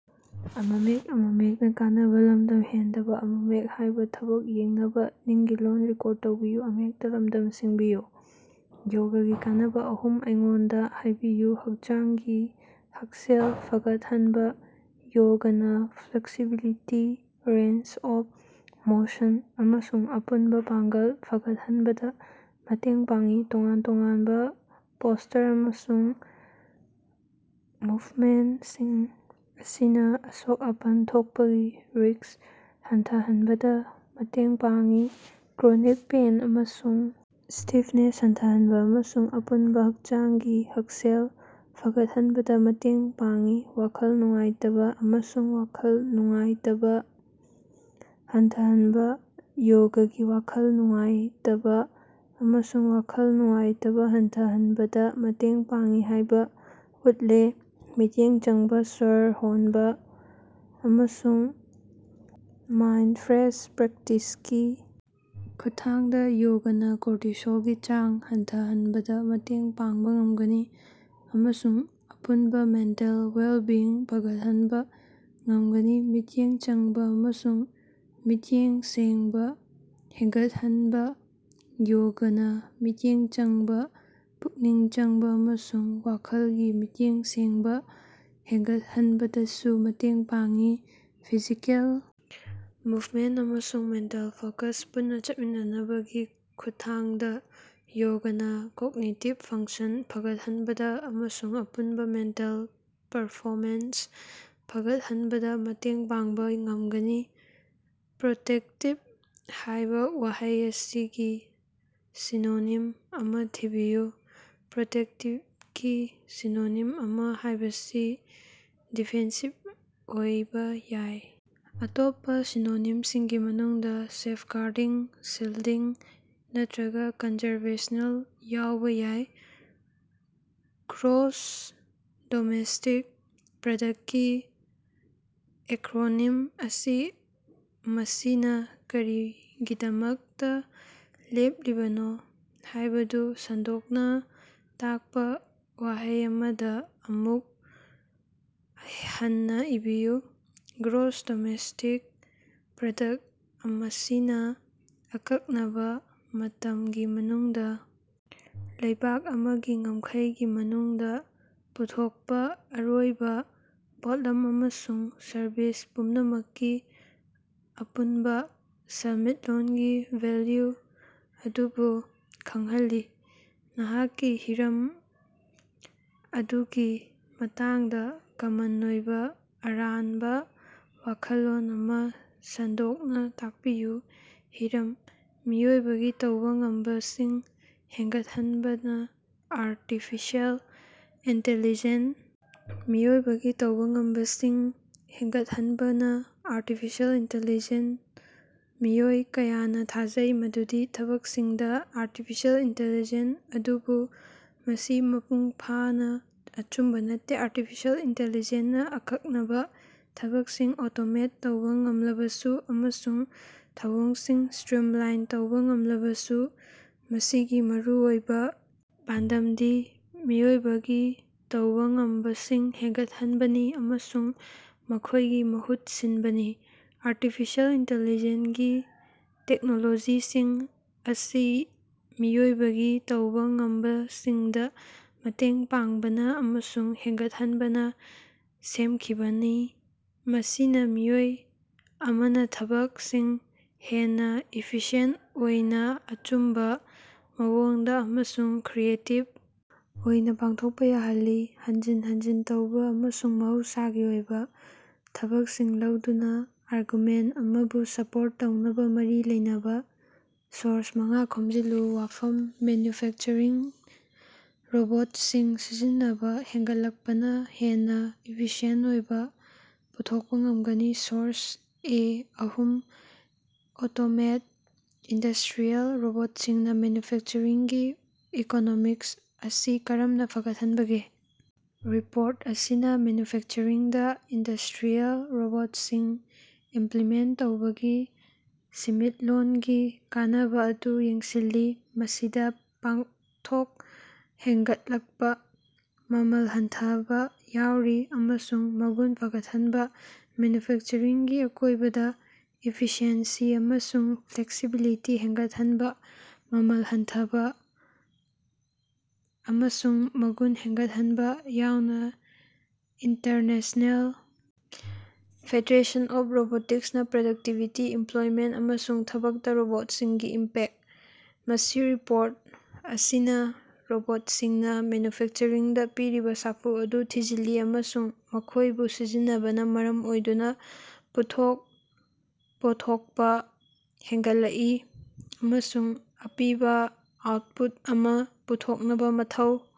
ꯌꯣꯒꯒꯤ ꯀꯥꯟꯅꯕ ꯑꯍꯨꯝ ꯑꯩꯉꯣꯟꯗ ꯍꯥꯏꯕꯤꯌꯨ꯫ ꯍꯛꯆꯥꯡꯒꯤ ꯍꯛꯁꯦꯜ ꯐꯒꯠꯍꯟꯕ: ꯌꯣꯒꯅ ꯐ꯭ꯂꯦꯛꯁꯤꯕꯤꯂꯤꯇꯤ, ꯔꯦꯟꯖ ꯑꯣꯐ ꯃꯣꯁꯟ, ꯑꯃꯁꯨꯡ ꯑꯄꯨꯟꯕ ꯄꯥꯡꯒꯜ ꯐꯒꯠꯍꯟꯕꯗ ꯃꯇꯦꯡ ꯄꯥꯡꯏ꯫ ꯇꯣꯉꯥꯟ-ꯇꯣꯉꯥꯟꯕ ꯄꯣꯁꯇꯔ ꯑꯃꯁꯨꯡ ꯃꯨꯚꯃꯦꯟꯠꯁꯤꯡ ꯑꯁꯤꯅ ꯑꯁꯣꯛ-ꯑꯄꯟ ꯊꯣꯛꯄꯒꯤ ꯔꯤꯛꯁ ꯍꯟꯊꯍꯟꯕꯗ ꯃꯇꯦꯡ ꯄꯥꯡꯏ, ꯀ꯭ꯔꯣꯅꯤꯛ ꯄꯦꯏꯟ ꯑꯃꯁꯨꯡ ꯁ꯭ꯇꯤꯐꯦꯟꯁ ꯍꯟꯊꯍꯟꯕꯗ ꯑꯃꯁꯨꯡ ꯑꯄꯨꯟꯕ ꯍꯛꯆꯥꯡꯒꯤ ꯍꯛꯁꯦꯜ ꯐꯒꯠꯍꯟꯕꯗ ꯃꯇꯦꯡ ꯄꯥꯡꯏ꯫ ꯋꯥꯈꯜ ꯅꯨꯡꯉꯥꯏꯇꯕ ꯑꯃꯁꯨꯡ ꯋꯥꯈꯜ ꯅꯨꯡꯉꯥꯏꯇꯕ ꯍꯟꯊꯍꯟꯕ: ꯌꯣꯒꯅ ꯋꯥꯈꯜ ꯅꯨꯡꯉꯥꯏꯇꯕ ꯑꯃꯁꯨꯡ ꯋꯥꯈꯜ ꯅꯨꯡꯉꯥꯏꯇꯕ ꯍꯟꯊꯍꯟꯕꯗ ꯃꯇꯦꯡ ꯄꯥꯡꯏ ꯍꯥꯏꯕ ꯎꯠꯂꯦ꯫ ꯃꯤꯠꯌꯦꯡ ꯆꯪꯕ ꯁ꯭ꯋꯔ ꯍꯣꯟꯕ ꯑꯃꯁꯨꯡ ꯃꯥꯏꯟꯗꯐ꯭ꯔꯦꯟꯗ ꯄ꯭ꯔꯦꯛꯇꯤꯁꯀꯤ ꯈꯨꯠꯊꯥꯡꯗ ꯌꯣꯒꯅ ꯀꯣꯔꯇꯤꯁꯣꯜꯒꯤ ꯆꯥꯡ ꯍꯟꯊꯍꯟꯕꯗ ꯃꯇꯦꯡ ꯄꯥꯡꯕ ꯉꯝꯒꯅꯤ ꯑꯃꯁꯨꯡ ꯑꯄꯨꯟꯕ ꯃꯦꯟꯇꯦꯜ ꯋꯦꯜꯕꯤꯡ ꯐꯒꯠꯍꯟꯕ ꯉꯝꯒꯅꯤ꯫ ꯃꯤꯠꯌꯦꯡ ꯆꯪꯕ ꯑꯃꯁꯨꯡ ꯃꯌꯦꯛ ꯁꯦꯡꯕ ꯍꯦꯟꯒꯠꯍꯟꯕ: ꯌꯣꯒꯅ ꯃꯤꯠꯌꯦꯡ ꯆꯪꯕ, ꯄꯨꯛꯅꯤꯡ ꯆꯪꯕ ꯑꯃꯁꯨꯡ ꯋꯥꯈꯜꯒꯤ ꯃꯌꯦꯛ ꯁꯦꯡꯕ ꯍꯦꯟꯒꯠꯍꯟꯕꯗꯁꯨ ꯃꯇꯦꯡ ꯄꯥꯡꯏ꯫ ꯐꯤꯖꯤꯀꯦꯜ ꯃꯨꯚꯃꯦꯟꯠ ꯑꯃꯁꯨꯡ ꯃꯦꯟꯇꯦꯜ ꯐꯣꯀꯁ ꯄꯨꯟꯅ ꯆꯠꯃꯤꯟꯅꯕꯒꯤ ꯈꯨꯠꯊꯥꯡꯗ ꯌꯣꯒꯅ ꯀꯣꯒꯅꯤꯇꯤꯕ ꯐꯪꯁꯟ ꯐꯒꯠꯍꯟꯕꯗ ꯑꯃꯁꯨꯡ ꯑꯄꯨꯟꯕ ꯃꯦꯟꯇꯦꯜ ꯄꯔꯐꯣꯃꯦꯟꯁ ꯍꯦꯟꯒꯠꯍꯟꯕꯗ ꯃꯇꯦꯡ ꯄꯥꯡꯕ ꯉꯝꯒꯅꯤ꯫ "ꯄ꯭ꯔꯣꯇꯦꯛꯇꯤꯕ" ꯍꯥꯏꯕ ꯋꯥꯍꯩ ꯑꯁꯤꯒꯤ ꯁꯤꯅꯣꯅꯤꯝ ꯑꯃ ꯊꯤꯕꯤꯌꯨ꯫ ꯄ꯭ꯔꯣꯇꯦꯛꯇꯤꯚꯀꯤ ꯁꯤꯅꯣꯅꯤꯝ ꯑꯃ ꯍꯥꯏꯕꯁꯤ "ꯗꯤꯐꯦꯟꯁꯤꯚ" ꯑꯣꯏꯕ ꯌꯥꯏ꯫ ꯑꯇꯣꯞꯄ ꯁꯤꯅꯣꯅꯤꯝꯁꯤꯡꯒꯤ ꯃꯅꯨꯡꯗ ꯁꯦꯐꯒꯥꯔꯗꯤꯡ, ꯁꯤꯜꯗꯤꯡ, ꯅꯠꯇ꯭ꯔꯒ ꯀꯟꯖꯥꯔꯕꯁꯅꯦꯜ ꯌꯥꯎꯕ ꯌꯥꯏ꯫ ꯒ꯭ꯔꯣꯁ ꯗꯣꯃꯦꯁꯇꯤꯛ ꯄ꯭ꯔꯗꯛ ꯀꯤ ꯑꯦꯀ꯭ꯔꯣꯅꯤꯝ ꯑꯁꯤ ꯃꯁꯤꯅ ꯀꯔꯤꯒꯤꯗꯃꯛꯇ ꯂꯦꯞꯂꯤꯕꯅꯣ ꯍꯥꯏꯕꯗꯨ ꯁꯟꯗꯣꯛꯅ ꯇꯥꯛꯄ ꯋꯥꯍꯩ ꯑꯃꯗ ꯑꯃꯨꯛ ꯍꯟꯅ ꯏꯕꯤꯌꯨ꯫ ꯒ꯭ꯔꯣꯁ ꯗꯣꯃꯦꯁꯇꯤꯛ ꯄ꯭ꯔꯗꯛ ꯃꯁꯤꯅ ꯑꯀꯛꯅꯕ ꯃꯇꯝꯒꯤ ꯃꯅꯨꯡꯗ ꯂꯩꯕꯥꯛ ꯑꯃꯒꯤ ꯉꯝꯈꯩꯒꯤ ꯃꯅꯨꯡꯗ ꯄꯨꯊꯣꯛꯄ ꯑꯔꯣꯏꯕ ꯄꯣꯠꯂꯝ ꯑꯃꯁꯨꯡ ꯁꯔꯕꯤꯁ ꯄꯨꯝꯅꯃꯛꯀꯤ ꯑꯄꯨꯟꯕ ꯁꯦꯟꯃꯤꯠꯂꯣꯟꯒꯤ ꯚꯦꯜꯌꯨ ꯑꯗꯨꯕꯨ ꯈꯪꯍꯜꯂꯤ꯫ ꯅꯍꯥꯛꯀꯤ ꯍꯤꯔꯝ ꯑꯗꯨꯒꯤ ꯃꯇꯥꯡꯗ ꯀꯃꯟ ꯑꯣꯏꯕ ꯑꯔꯥꯟꯕ ꯋꯥꯈꯜꯂꯣꯟ ꯑꯃ ꯁꯟꯗꯣꯛꯅ ꯇꯥꯛꯄꯤꯌꯨ꯫ ꯍꯤꯔꯝ: ꯃꯤꯑꯣꯏꯕꯒꯤ ꯇꯧꯕ ꯉꯝꯕꯁꯤꯡ ꯍꯦꯟꯒꯠꯍꯟꯅꯕ ꯑꯥꯔꯇꯤꯐꯤꯁꯦꯜ ꯏꯟꯇꯤꯂꯤꯖꯦꯟꯠ ꯃꯤꯑꯣꯏꯕꯒꯤ ꯇꯧꯕ ꯉꯝꯕꯁꯤꯡ ꯍꯦꯟꯒꯠꯍꯟꯅꯕ ꯑꯥꯔꯇꯤꯐꯤꯁꯦꯜ ꯏꯟꯇꯤꯂꯤꯖꯦꯟꯠ ꯃꯤꯑꯣꯏ ꯀꯌꯥꯅ ꯊꯥꯖꯩ ꯃꯗꯨꯗꯤ ꯊꯕꯛꯁꯤꯡꯗ ꯑꯥꯔꯇꯤꯐꯤꯁꯦꯜ ꯏꯟꯇꯤꯂꯤꯖꯦꯟꯠ ꯑꯗꯨꯕꯨ ꯃꯁꯤ ꯃꯄꯨꯡ ꯐꯥꯅ ꯑꯆꯨꯝꯕ ꯅꯠꯇꯦ꯫ ꯑꯥꯔꯇꯤꯐꯤꯁꯦꯜ ꯏꯟꯇꯤꯂꯤꯖꯦꯟꯠꯅ ꯑꯀꯛꯅꯕ ꯊꯕꯛꯁꯤꯡ ꯑꯣꯇꯣꯃꯦꯠ ꯇꯧꯕ ꯉꯝꯂꯕꯁꯨ ꯑꯃꯁꯨꯡ ꯊꯧꯑꯣꯡꯁꯤꯡ ꯁ꯭ꯇꯔꯤꯝꯂꯥꯏꯟ ꯇꯧꯕ ꯉꯝꯂꯕꯁꯨ, ꯃꯁꯤꯒꯤ ꯃꯔꯨꯑꯣꯏꯕ ꯄꯥꯟꯗꯝꯗꯤ ꯃꯤꯑꯣꯏꯕꯒꯤ ꯇꯧꯕ ꯉꯝꯕꯁꯤꯡ ꯍꯦꯟꯒꯠꯍꯟꯕꯅꯤ ꯑꯃꯁꯨꯡ ꯃꯈꯣꯏꯒꯤ ꯃꯍꯨꯠ ꯁꯤꯟꯕꯅꯤ꯫ ꯑꯥꯔꯇꯤꯐꯤꯁꯦꯜ ꯏꯟꯇꯤꯂꯤꯖꯦꯟꯠ ꯒꯤ ꯇꯦꯛꯅꯣꯂꯣꯖꯤꯁꯤꯡ ꯑꯁꯤ ꯃꯤꯑꯣꯏꯕꯒꯤ ꯇꯧꯕ ꯉꯝꯕꯁꯤꯡꯗ ꯃꯇꯦꯡ ꯄꯥꯡꯅꯕ ꯑꯃꯁꯨꯡ ꯍꯦꯟꯒꯠꯍꯟꯅꯕ ꯁꯦꯝꯈꯤꯕꯅꯤ, ꯃꯁꯤꯅ ꯃꯤꯑꯣꯏ ꯑꯃꯅ ꯊꯕꯛꯁꯤꯡ ꯍꯦꯟꯅ ꯏꯐꯤꯁꯤꯌꯦꯟꯠ ꯑꯣꯏꯅ, ꯑꯆꯨꯝꯕ ꯃꯑꯣꯡꯗ ꯑꯃꯁꯨꯡ ꯀ꯭ꯔꯤꯌꯦꯇꯤꯕ ꯑꯣꯏꯅ ꯄꯥꯡꯊꯣꯛꯄ ꯌꯥꯍꯜꯂꯤ꯫ ꯍꯟꯖꯤꯟ ꯍꯟꯖꯤꯟ ꯇꯧꯕ ꯑꯃꯁꯨꯡ ꯃꯍꯧꯁꯥꯒꯤ ꯑꯣꯏꯕ ꯊꯕꯛꯁꯤꯡ ꯂꯧꯗꯨꯅ, ꯑꯥꯔꯒꯨꯃꯦꯟꯠ ꯑꯃꯕꯨ ꯁꯄꯣꯔꯠ ꯇꯧꯅꯕ ꯃꯔꯤ ꯂꯩꯅꯕ ꯁꯣꯔꯁ ꯃꯉꯥ ꯈꯣꯝꯖꯤꯜꯂꯨ꯫ ꯋꯥꯐꯝ: ꯃꯦꯟꯌꯨꯐꯦꯛꯆꯔꯤꯡꯗ ꯔꯣꯕꯣꯠꯁꯤꯡ ꯁꯤꯖꯤꯟꯅꯕ ꯍꯦꯟꯒꯠꯂꯛꯄꯅ ꯍꯦꯟꯅ ꯏꯐꯤꯁꯤꯌꯦꯟꯠ ꯑꯣꯏꯕ ꯄꯨꯊꯣꯛꯄ ꯉꯝꯒꯅꯤ꯫ ꯁꯣꯔꯁ: ꯑꯦ ꯑꯍꯨꯝ ꯑꯣꯇꯣꯃꯦꯠꯅ ꯏꯟꯗꯁꯇ꯭ꯔꯤꯌꯦꯜ ꯔꯣꯕꯣꯠꯁꯤꯡꯅ ꯃꯦꯅ꯭ꯌꯨꯐꯦꯛꯆꯔꯤꯡꯒꯤ ꯏꯀꯣꯅꯣꯃꯤꯛꯁ ꯑꯁꯤ ꯀꯔꯝꯅ ꯐꯒꯠꯍꯟꯕꯒꯦ? ꯔꯤꯄꯣꯔꯠ ꯑꯁꯤꯅ ꯃꯦꯅ꯭ꯌꯨꯐꯦꯛꯆꯔꯤꯡꯗ ꯏꯟꯗꯁꯇ꯭ꯔꯤꯌꯦꯜ ꯔꯣꯕꯣꯠꯁꯤꯡ ꯏꯝꯄ꯭ꯂꯤꯃꯦꯟꯠ ꯇꯧꯕꯒꯤ ꯁꯦꯟꯃꯤꯠꯂꯣꯟꯒꯤ ꯀꯥꯟꯅꯕ ꯑꯗꯨ ꯌꯦꯡꯁꯤꯜꯂꯤ, ꯃꯁꯤꯗ ꯄꯣꯠꯊꯣꯛ ꯍꯦꯟꯒꯠꯂꯛꯄ, ꯃꯃꯜ ꯍꯟꯊꯕ ꯌꯥꯎꯔꯤ꯫ ꯑꯃꯁꯨꯡ ꯃꯒꯨꯟ ꯐꯒꯠꯍꯟꯕ꯫ ꯃꯦꯅ꯭ꯌꯨꯐꯦꯛꯆꯔꯤꯡꯒꯤ ꯑꯀꯣꯏꯕꯗ, ꯏꯐꯤꯁꯤꯑꯦꯟꯁꯤ ꯑꯃꯁꯨꯡ ꯐ꯭ꯂꯦꯛꯁꯤꯕꯤꯂꯤꯇꯤ ꯍꯦꯟꯒꯠꯍꯟꯕ, ꯃꯃꯜ ꯍꯟꯊꯕ, ꯑꯃꯁꯨꯡ ꯃꯒꯨꯟ ꯍꯦꯟꯒꯠꯍꯟꯕ ꯌꯥꯎꯅ꯫ ꯏꯟꯇꯔꯅꯦꯁꯅꯦꯜ ꯐꯦꯗꯔꯦꯁꯟ ꯑꯣꯐ ꯔꯣꯕꯣꯇꯤꯛꯁꯅ ꯄ꯭ꯔꯗꯛꯇꯤꯕꯤꯇꯤ, ꯏꯝꯄ꯭ꯂꯣꯏꯃꯦꯟꯠ ꯑꯃꯁꯨꯡ ꯊꯕꯛꯇ ꯔꯣꯕꯣꯠꯁꯤꯡꯒꯤ ꯏꯝꯄꯦꯛ꯫ ꯃꯁꯤꯔꯤꯄꯣꯔꯠ ꯑꯁꯤꯅ ꯔꯣꯕꯣꯠꯁꯤꯡꯅ ꯃꯦꯅ꯭ꯌꯨꯐꯦꯛꯆꯔꯤꯡꯗ ꯄꯤꯔꯤꯕ ꯁꯥꯐꯨ ꯑꯗꯨ ꯊꯤꯖꯤꯜꯂꯤ ꯑꯃꯁꯨꯡ ꯃꯈꯣꯏꯕꯨ ꯁꯤꯖꯤꯟꯅꯕꯅ ꯃꯔꯝ ꯑꯣꯏꯗꯨꯅ ꯄꯣꯠꯊꯣꯛ ꯄꯨꯊꯣꯛꯄ ꯍꯦꯟꯒꯠꯂꯛꯏ, ꯑꯃꯁꯨꯡ ꯑꯄꯤꯕ ꯑꯥꯎꯠꯄꯨꯠ ꯑꯃ ꯄꯨꯊꯣꯛꯅꯕ ꯃꯊꯧ꯫